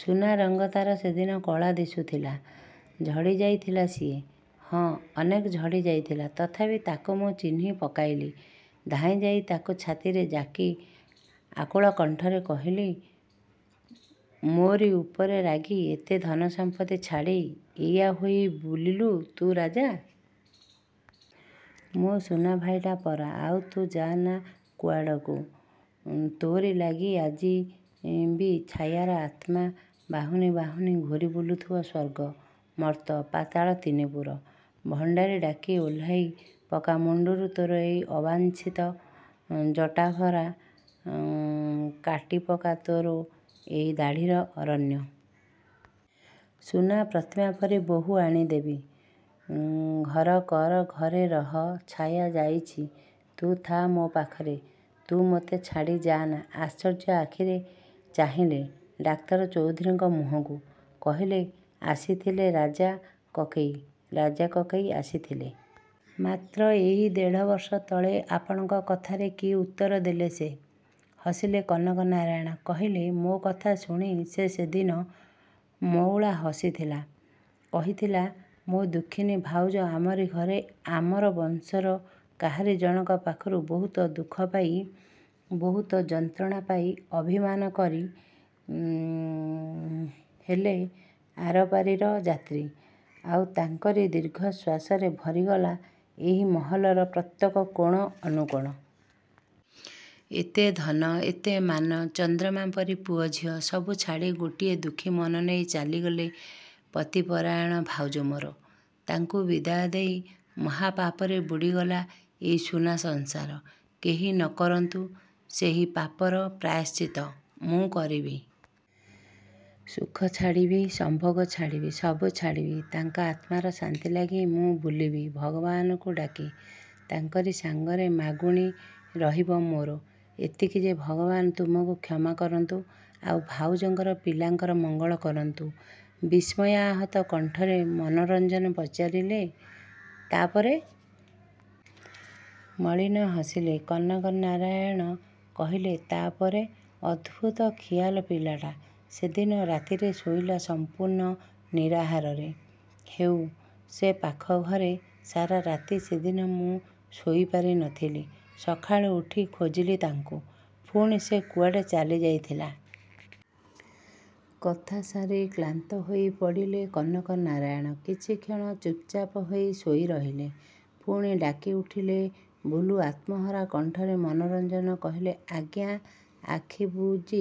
ସୁନା ରଙ୍ଗ ତା'ର ସେଦିନ କଳା ଦିଶୁଥିଲା। ଝଡ଼ି ଯାଇଥିଲା ସିଏ। ହଁ, ଅନେକ ଝଡ଼ି ଯାଇଥିଲା। ତଥାପି ତାକୁ ମୁଁ ଚିହ୍ନି ପକାଇଲି। ଧାଇଁ ଯାଇ ତାକୁ ଛାତିରେ ଜାକି ଆକୁଳ କଣ୍ଠରେ କହିଲି, ମୋରି ଉପରେ ରାଗି ଏତେ ଧନ ସମ୍ପତ୍ତି ଛାଡ଼ି ଏଇଆ ହୋଇ ବୁଲିଲୁ ତୁ ରାଜା? ମୋ ସୁନା ଭାଇଟା ପରା, ଆଉ ତୁ ଯାଆନା କୁଆଡ଼କୁ। ତୋରି ଲାଗି ଆଜି ବି ଛାୟାର ଆତ୍ମା ବାହୁନି ବାହୁନି ଘୂରି ବୁଲୁଥିବ ସ୍ୱର୍ଗ, ମର୍ତ୍ତ୍ୟ, ପାତାଳ ତିନିପୁର। ଭଣ୍ଡାରୀ ଡାକି ଓହ୍ଲାଇ ପକା ମୁଣ୍ଡରୁ ତୋର ଏଇ ଅବାଞ୍ଛିତ ଜଟାଭାର। କାଟି ପକା ତୋର ଏଇ ଦାଢ଼ିର ଅରଣ୍ୟ। ସୁନା ପ୍ରତିମା ପରି ବୋହୂ ଆଣି ଦେବି। ଘର କର, ଘରେ ରହ। ଛାୟା ଯାଇଛି, ତୁ ଥା ମୋ ପାଖରେ। ତୁ ମତେ ଛାଡ଼ି ଯାଆନା। ଆଶ୍ଚର୍ଯ୍ୟ ଆଖିରେ ଚାହିଁଲେ ଡାକ୍ତର ଚୌଧୁରୀଙ୍କ ମୁହଁକୁ। କହିଲେ ଆସିଥିଲେ ରାଜା କକେଇ। ରାଜା କକେଇ ଆସିଥିଲେ! ମାତ୍ର ଏଇ ଦେଢ଼ ବର୍ଷ ତଳେ! ଆପଣଙ୍କ କଥାର କି ଉତ୍ତର ଦେଲେ ସେ? ହସିଲେ କନକନାରାୟଣ। କହିଲେ ମୋ କଥା ଶୁଣି ସେ ସେଦିନ ମଉଳା ହସିଥିଲା। କହିଥିଲା ମୋ ଦୁଃଖିନୀ ଭାଉଜ ଆମରି ଘରେ ଆମର ବଂଶର କାହାରି ଜଣକ ପାଖରୁ ବହୁତ ଦୁଃଖ ପାଇ, ବହୁତ ଯନ୍ତ୍ରଣା ପାଇ ଅଭିମାନ କରି ଉଁ ହେଲେ ଆରପାରିର ଯାତ୍ରୀ; ଆଉ ତାଙ୍କରି ଦୀର୍ଘଶ୍ୱାସରେ ଭରିଗଲା ଏଇ ମହଲର ପ୍ରତ୍ୟେକଟି କୋଣ, ଅନୁକୋଣ। ଏତେ ଧନ, ଏତେ ମାନ, ଚନ୍ଦ୍ରମା ପରି ପୁଅ ଝିଅ ସବୁ ଛାଡ଼ି ଗୋଟିଏ ଦୁଃଖୀ ମନ ନେଇ ଚାଲିଗଲେ ପତିପରାୟଣ ଭାଉଜ ମୋର। ତାଙ୍କୁ ବିଦାୟ ଦେଇ ମହାପାପରେ ବୁଡ଼ି ଗଲା ଏଇ ସୁନା ସଂସାର। କେହି ନ କରନ୍ତୁ ସେହି ପାପର ପ୍ରାୟଶ୍ଚିତ, ମୁଁ କରିବି। ସୁଖ ଛାଡ଼ିବି, ସମ୍ଭୋଗ ଛାଡ଼ିବି, ସବୁ ଛାଡ଼ିବି। ତାଙ୍କ ଆତ୍ମାର ଶାନ୍ତି ଲାଗି ମୁଁ ବୁଲିବି ଭଗବାନଙ୍କୁ ଡାକି, ତାଙ୍କରି ସାଙ୍ଗରେ ମାଗୁଣି ରହିବ ମୋର ଏତିକି ଯେ ଭଗବାନ ତୁମକୁ କ୍ଷମା କରନ୍ତୁ। ଆଉ, ଭାଉଜଙ୍କର ପିଲାଙ୍କର ମଙ୍ଗଳ କରନ୍ତୁ। ବିସ୍ମୟାହତ କଣ୍ଠରେ ମନୋରଞ୍ଜନ ପଚାରିଲେ ତା' ପରେ! ମଳିନ ହସିଲେ କନକନାରାୟଣ! କହିଲେ ତା' ପରେ! ଅଦ୍ଭୁତ ଖିଆଲ ପିଲାଟା ସେଦିନ ରାତିରେ ଶୋଇଲା ସମ୍ପୂର୍ଣ୍ଣ ନିରାହାରରେ, ହେଇ ସେପାଖ ଘରେ। ସାରା ରାତି ସେଦିନ ମୁଁ ଶୋଇ ପାରି ନଥିଲି। ସକାଳୁ ଉଠି ଖୋଜିଲି ତାଙ୍କୁ। ପୁଣି ସେ କୁଆଡ଼େ ଚାଲି ଯାଇଥିଲା। କଥା ସାରି କ୍ଳାନ୍ତ ହୋଇ ପଡ଼ିଲେ କନକନାରାୟଣ। କିଛି କ୍ଷଣ ଚୁପ୍‌ଚାପ୍ ହୋଇ ଶୋଇ ରହିଲେ। ପୁଣି ଡାକି ଉଠିଲେ ବୁଲୁ ଆତ୍ମହରା କଣ୍ଠରେ ମନୋରଞ୍ଜନ କହିଲେ ଆଜ୍ଞା। ଆଖି ବୁଜି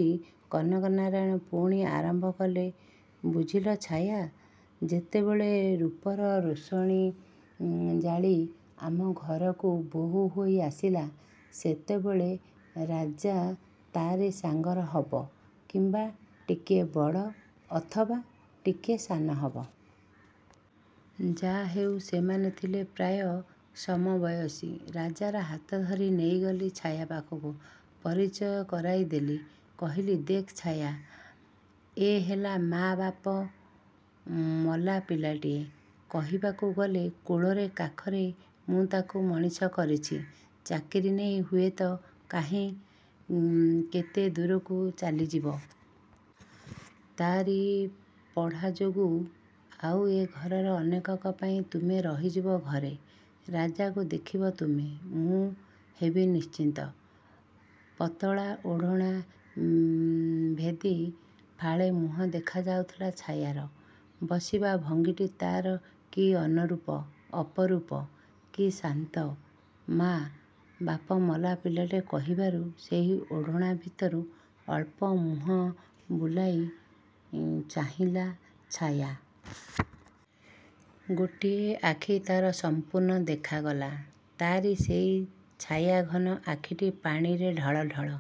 କନକନାରାୟଣ ପୁଣି ଆରମ୍ଭ କଲେ ବୁଝିଲ ଛାୟା ଯେତେବେଳେ ରୂପର ରୋଷଣୀ ଜାଳି ଆମ ଘରକୁ ବୋହୂ ହୋଇ ଆସିଲା, ସେତେବେଳେ ରାଜା ତା’ରି ସାଙ୍ଗର ହେବ କିମ୍ବା ଟିକିଏ ବଡ଼, ଅଥବା ଟିକିଏ ସାନ ହେବ। ଯାହା ହେଉ, ସେମାନେ ଥିଲେ ପ୍ରାୟ ସମବୟସୀ। ରାଜାର ହାତ ଧରି ନେଇଗଲି ଛାୟା ପାଖକୁ। ପରିଚୟ କରାଇ ଦେଲି। କହିଲି ଦେଖ୍ ଛାୟା, ଏ ହେଲା ମାଆ ବାପ ମଲା ପିଲାଟିଏ। କହିବାକୁ ଗଲେ କୋଳରେ କାଖରେ ମୁଁ ତାକୁ ମଣିଷ କରିଛି। ଚାକିରି ନେଇ ହୁଏତ କାହିଁ କେତେ ଦୂରକୁ ଚାଲି ଯିବ। ତା'ରି ପଢ଼ା ଯୋଗୁଁ ଆଉ ଏ ଘରର ଅନେକଙ୍କ ପାଇଁ ତୁମେ ରହିଯିବ ଘରେ। ରାଜାକୁ ଦେଖିବ ତୁମେ। ମୁଁ ହେବି ନିଶ୍ଚିନ୍ତ। ପତଳା ଓଢ଼ଣା ଭେଦି ଫାଳେ ମୁହଁ ଦେଖା ଯାଉଥିଲା ଛାୟାର। ବସିବା ଭଙ୍ଗୀଟି ତା'ର କି ଅପରୂପ। କି ଶାନ୍ତ। ମାଆ ବାପ ମଲା ପିଲାଟେ କହିବାରୁ ସେହି ଓଢ଼ଣା ଭିତରୁ ଅଳ୍ପ ମୁହଁ ବୁଲାଇ ଚାହିଁଲା ଛାୟା। ଗୋଟିଏ ଆଖି ତା'ର ସମ୍ପୂର୍ଣ୍ଣ ଦେଖାଗଲା। ତା'ରି ସେଇ ଛାୟାଘନ ଆଖିଟି ପାଣିରେ ଢଳଢଳ।